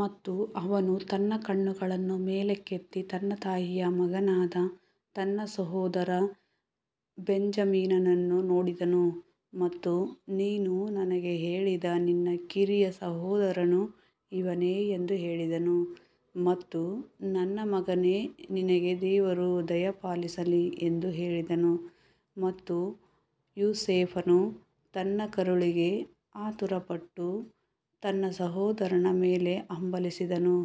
ಮತ್ತು ಅವನು ತನ್ನ ಕಣ್ಣುಗಳನ್ನು ಮೇಲಕ್ಕೆತ್ತಿ ತನ್ನ ತಾಯಿಯ ಮಗನಾದ ತನ್ನ ಸಹೋದರ ಬೆಂಜಮಿನನನ್ನು ನೋಡಿದನು ಮತ್ತು ನೀನು ನನಗೆ ಹೇಳಿದ ನಿನ್ನ ಕಿರಿಯ ಸಹೋದರನು ಇವನೇ ಎಂದು ಹೇಳಿದನು ಮತ್ತು ನನ್ನ ಮಗನೇ ನಿನಗೆ ದೇವರು ದಯಪಾಲಿಸಲಿ ಎಂದು ಹೇಳಿದನು. ಮತ್ತು ಯೋಸೇಫನು ತನ್ನ ಕರುಳಿಗೆ ಆತುರಪಟ್ಟು ತನ್ನ ಸಹೋದರನ ಮೇಲೆ ಹಂಬಲಿಸಿದನು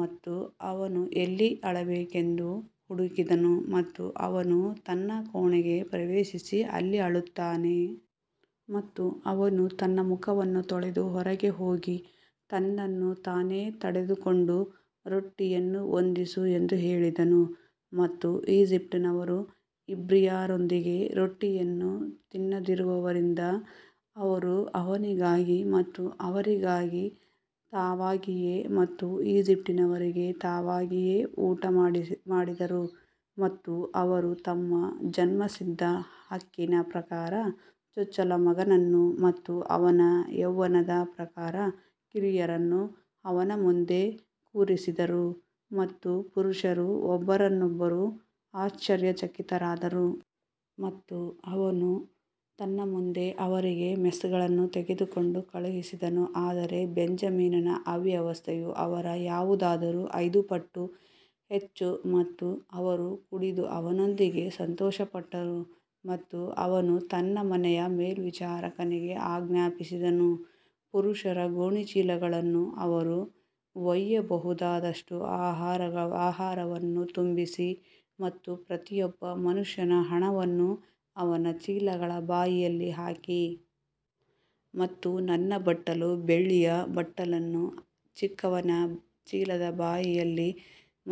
ಮತ್ತು ಅವನು ಎಲ್ಲಿ ಅಳಬೇಕೆಂದು ಹುಡುಕಿದನು ಮತ್ತು ಅವನು ತನ್ನ ಕೋಣೆಗೆ ಪ್ರವೇಶಿಸಿ ಅಲ್ಲಿ ಅಳುತ್ತಾನೆ. ಮತ್ತು ಅವನು ತನ್ನ ಮುಖವನ್ನು ತೊಳೆದು ಹೊರಗೆ ಹೋಗಿ ತನ್ನನ್ನು ತಾನೇ ತಡೆದುಕೊಂಡು ರೊಟ್ಟಿಯನ್ನು ಹೊಂದಿಸು ಎಂದು ಹೇಳಿದನು ಮತ್ತು ಈಜಿಪ್ಟಿನವರು ಇಬ್ರಿಯರೊಂದಿಗೆ ರೊಟ್ಟಿಯನ್ನು ತಿನ್ನದಿರುವದರಿಂದ ಅವರು ಅವನಿಗಾಗಿ ಮತ್ತು ಅವರಿಗಾಗಿ ತಾವಾಗಿಯೇ ಮತ್ತು ಈಜಿಪ್ಟಿನವರಿಗೆ ತಾವಾಗಿಯೇ ಊಟ ಮಾಡಿದರು. ಮತ್ತು ಅವರು ತಮ್ಮ ಜನ್ಮಸಿದ್ಧ ಹಕ್ಕಿನ ಪ್ರಕಾರ ಚೊಚ್ಚಲ ಮಗನನ್ನು ಮತ್ತು ಅವನ ಯೌವನದ ಪ್ರಕಾರ ಕಿರಿಯರನ್ನು ಅವನ ಮುಂದೆ ಕೂರಿಸಿದರು ಮತ್ತು ಪುರುಷರು ಒಬ್ಬರನ್ನೊಬ್ಬರು ಆಶ್ಚರ್ಯಚಕಿತರಾದರು. ಮತ್ತು ಅವನು ತನ್ನ ಮುಂದೆ ಅವರಿಗೆ ಮೆಸ್ಗಳನ್ನು ತೆಗೆದುಕೊಂಡು ಕಳುಹಿಸಿದನು ಆದರೆ ಬೆಂಜಮಿನನ ಅವ್ಯವಸ್ಥೆಯು ಅವರ ಯಾವುದಾದರೂ ಐದು ಪಟ್ಟು ಹೆಚ್ಚು ಮತ್ತು ಅವರು ಕುಡಿದು ಅವನೊಂದಿಗೆ ಸಂತೋಷಪಟ್ಟರು. ಮತ್ತು ಅವನು ತನ್ನ ಮನೆಯ ಮೇಲ್ವಿಚಾರಕನಿಗೆ ಆಜ್ಞಾಪಿಸಿದನು, ಪುರುಷರ ಗೋಣಿಚೀಲಗಳನ್ನು ಅವರು ಒಯ್ಯಬಹುದಾದಷ್ಟು ಆಹಾರವನ್ನು ತುಂಬಿಸಿ ಮತ್ತು ಪ್ರತಿಯೊಬ್ಬ ಮನುಷ್ಯನ ಹಣವನ್ನು ಅವನ ಚೀಲಗಳ ಬಾಯಿಯಲ್ಲಿ ಹಾಕಿ. ಮತ್ತು ನನ್ನ ಬಟ್ಟಲು ಬೆಳ್ಳಿಯ ಬಟ್ಟಲನ್ನು ಚಿಕ್ಕವನ ಚೀಲದ ಬಾಯಿಯಲ್ಲಿ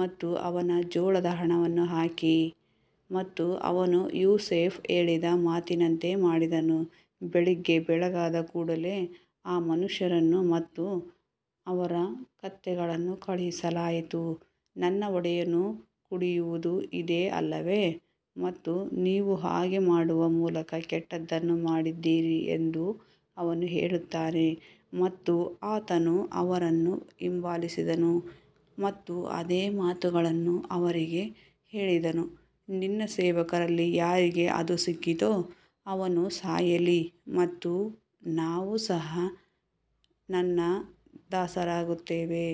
ಮತ್ತು ಅವನ ಜೋಳದ ಹಣವನ್ನು ಹಾಕಿ ಮತ್ತು ಅವನು ಯೋಸೇಫ ಹೇಳಿದ ಮಾತಿನಂತೆ ಮಾಡಿದನು. ಬೆಳಿಗ್ಗೆ ಬೆಳಗಾದ ಕೂಡಲೆ ಆ ಮನುಷ್ಯರನ್ನು ಮತ್ತು ಅವರ ಕತ್ತೆಗಳನ್ನು ಕಳುಹಿಸಲಾಯಿತು ನನ್ನ ಒಡೆಯನು ಕುಡಿಯುವುದು ಇದೇ ಅಲ್ಲವೇ ಮತ್ತು ನೀವು ಹಾಗೆ ಮಾಡುವ ಮೂಲಕ ಕೆಟ್ಟದ್ದನ್ನು ಮಾಡಿದ್ದೀರಿ ಎಂದು ಅವನು ಹೇಳುತ್ತಾನೆ ಮತ್ತು ಆತನು ಅವರನ್ನು ಹಿಂಬಾಲಿಸಿದನು ಮತ್ತು ಅದೇ ಮಾತುಗಳನ್ನು ಅವರಿಗೆ ಹೇಳಿದನು ನಿನ್ನ ಸೇವಕರಲ್ಲಿ ಯಾರಿಗೆ ಅದು ಸಿಕ್ಕಿತೋ ಅವನು ಸಾಯಲಿ ಮತ್ತು ನಾವೂ ಸಹ ನನ್ನ ದಾಸರಾಗುತ್ತೇವೆ.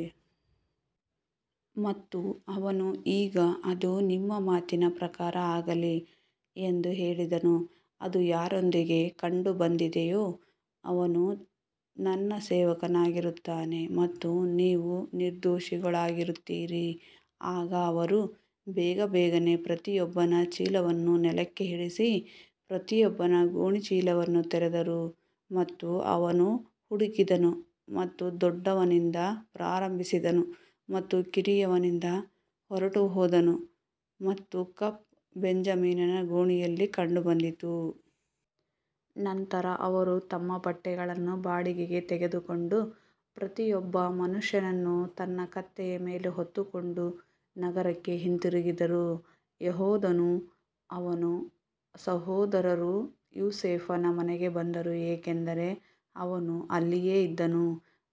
ಮತ್ತು ಅವನು ಈಗ ಅದು ನಿಮ್ಮ ಮಾತಿನ ಪ್ರಕಾರ ಆಗಲಿ ಎಂದು ಹೇಳಿದನು ಅದು ಯಾರೊಂದಿಗೆ ಕಂಡುಬಂದಿದೆಯೋ ಅವನು ನನ್ನ ಸೇವಕನಾಗಿರುತ್ತಾನೆ ಮತ್ತು ನೀವು ನಿರ್ದೋಷಿಗಳಾಗಿರುತ್ತೀರಿ. ಆಗ ಅವರು ಬೇಗಬೇಗನೆ ಪ್ರತಿಯೊಬ್ಬನ ಚೀಲವನ್ನು ನೆಲಕ್ಕೆ ಇಳಿಸಿ ಪ್ರತಿಯೊಬ್ಬನ ಗೋಣಿಚೀಲವನ್ನು ತೆರೆದರು ಮತ್ತು ಅವನು ಹುಡುಕಿದನು ಮತ್ತು ದೊಡ್ಡವನಿಂದ ಪ್ರಾರಂಭಿಸಿದನು ಮತ್ತು ಕಿರಿಯವನಿಂದ ಹೊರಟುಹೋದನು ಮತ್ತು ಕಪ್ ಬೆಂಜಮಿನನ ಗೋಣಿಯಲ್ಲಿ ಕಂಡುಬಂದಿತು. ನಂತರ ಅವರು ತಮ್ಮ ಬಟ್ಟೆಗಳನ್ನು ಬಾಡಿಗೆಗೆ ತೆಗೆದುಕೊಂಡು ಪ್ರತಿಯೊಬ್ಬ ಮನುಷ್ಯನನ್ನು ತನ್ನ ಕತ್ತೆಯ ಮೇಲೆ ಹೊತ್ತುಕೊಂಡು ನಗರಕ್ಕೆ ಹಿಂತಿರುಗಿದರು ಯೆಹೂದನೂ ಅವನ ಸಹೋದರರೂ ಯೋಸೇಫನ ಮನೆಗೆ ಬಂದರು ಏಕೆಂದರೆ ಅವನು ಅಲ್ಲಿಯೇ ಇದ್ದನು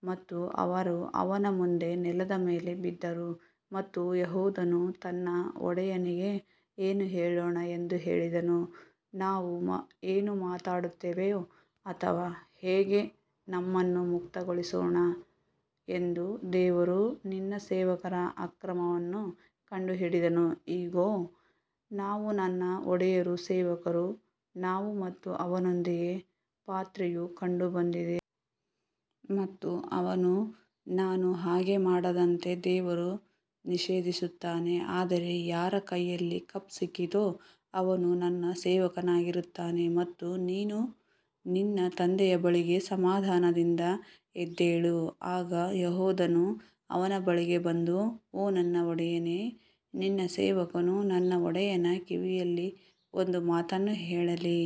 ಮತ್ತು ಅವರು ಅವನ ಮುಂದೆ ನೆಲದ ಮೇಲೆ ಬಿದ್ದರು. ಮತ್ತು ಯೆಹೂದನು ನನ್ನ ಒಡೆಯನಿಗೆ ಏನು ಹೇಳೋಣ ಎಂದು ಹೇಳಿದನು ನಾವು ಏನು ಮಾತನಾಡುತ್ತೇವೆ ಅಥವಾ ಹೇಗೆ ನಮ್ಮನ್ನು ಮುಕ್ತಗೊಳಿಸೋಣ ಎಂದು ದೇವರು ನಿನ್ನ ಸೇವಕರ ಅಕ್ರಮವನ್ನು ಕಂಡುಹಿಡಿದನು, ಇಗೋ ನಾವು ನನ್ನ ಒಡೆಯರು ಸೇವಕರು ನಾವು ಮತ್ತು ಅವನೊಂದಿಗೆ ಪಾತ್ರೆಯು ಕಂಡುಬಂದಿದೆ. ಮತ್ತು ಅವನು ನಾನು ಹಾಗೆ ಮಾಡದಂತೆ ದೇವರು ನಿಷೇಧಿಸುತ್ತಾನೆ ಆದರೆ ಯಾರ ಕೈಯಲ್ಲಿ ಕಪ್ ಸಿಕ್ಕಿತೋ ಅವನು ನನ್ನ ಸೇವಕನಾಗಿರುತ್ತಾನೆ ಮತ್ತು ನೀನು ನಿನ್ನ ತಂದೆಯ ಬಳಿಗೆ ಸಮಾಧಾನದಿಂದ ಎದ್ದೇಳು ಆಗ ಯೆಹೂದನು ಅವನ ಬಳಿಗೆ ಬಂದು ಓ ನನ್ನ ಒಡೆಯನೇ ನಿನ್ನ ಸೇವಕನು ನನ್ನ ಒಡೆಯನ ಕಿವಿಯಲ್ಲಿ ಒಂದು ಮಾತನ್ನು ಹೇಳಲಿ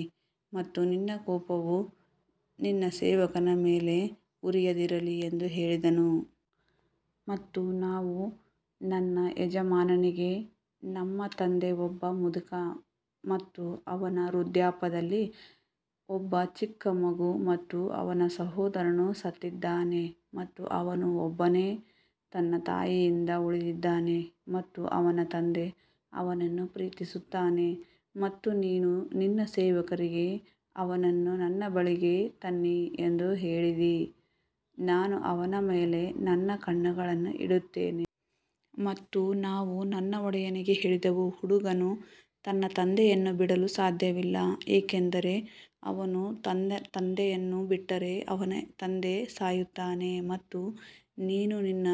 ಮತ್ತು ನಿನ್ನ ಕೋಪವು ನಿನ್ನ ಸೇವಕನ ಮೇಲೆ ಉರಿಯದಿರಲಿ ಎಂದು ಹೇಳಿದನು. ಮತ್ತು ನಾವು ನನ್ನ ಯಜಮಾನನಿಗೆ ನಮ್ಮ ತಂದೆ ಒಬ್ಬ ಮುದುಕ ಮತ್ತು ಅವನ ವೃದ್ಧಾಪ್ಯದಲ್ಲಿ ಒಬ್ಬ ಚಿಕ್ಕ ಮಗು ಮತ್ತು ಅವನ ಸಹೋದರನು ಸತ್ತಿದ್ದಾನೆ ಮತ್ತು ಅವನು ಒಬ್ಬನೇ ತನ್ನ ತಾಯಿಯಿಂದ ಉಳಿದಿದ್ದಾನೆ ಮತ್ತು ಅವನ ತಂದೆ ಅವನನ್ನು ಪ್ರೀತಿಸುತ್ತಾನೆ. ಮತ್ತು ನೀನು ನಿನ್ನ ಸೇವಕರಿಗೆ ಅವನನ್ನು ನನ್ನ ಬಳಿಗೆ ತನ್ನಿ ಎಂದು ಹೇಳಿದಿ, ನಾನು ಅವನ ಮೇಲೆ ನನ್ನ ಕಣ್ಣುಗಳನ್ನು ಇಡುತ್ತೇನೆ. ಮತ್ತು ನಾವು ನನ್ನ ಒಡೆಯನಿಗೆ ಹೇಳಿದೆವು, ಹುಡುಗನು ತನ್ನ ತಂದೆಯನ್ನು ಬಿಡಲು ಸಾಧ್ಯವಿಲ್ಲ ಏಕೆಂದರೆ ಅವನು ತನ್ನ ತಂದೆಯನ್ನು ಬಿಟ್ಟರೆ ಅವನ ತಂದೆ ಸಾಯುತ್ತಾನೆ ಮತ್ತು ನೀನು ನಿನ್ನ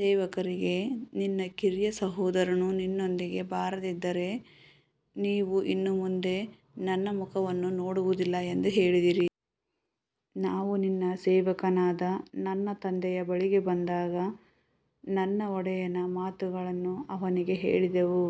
ಸೇವಕರಿಗೆ ನಿನ್ನ ಕಿರಿಯ ಸಹೋದರನು ನಿನ್ನೊಂದಿಗೆ ಬರದಿದ್ದರೆ ನೀವು ಇನ್ನು ಮುಂದೆ ನನ್ನ ಮುಖವನ್ನು ನೋಡುವುದಿಲ್ಲ ಎಂದು ಹೇಳಿದಿರಿ. ನಾವು ನಿನ್ನ ಸೇವಕನಾದ ನನ್ನ ತಂದೆಯ ಬಳಿಗೆ ಬಂದಾಗ ನನ್ನ ಒಡೆಯನ ಮಾತುಗಳನ್ನು ಅವನಿಗೆ ಹೇಳಿದೆವು.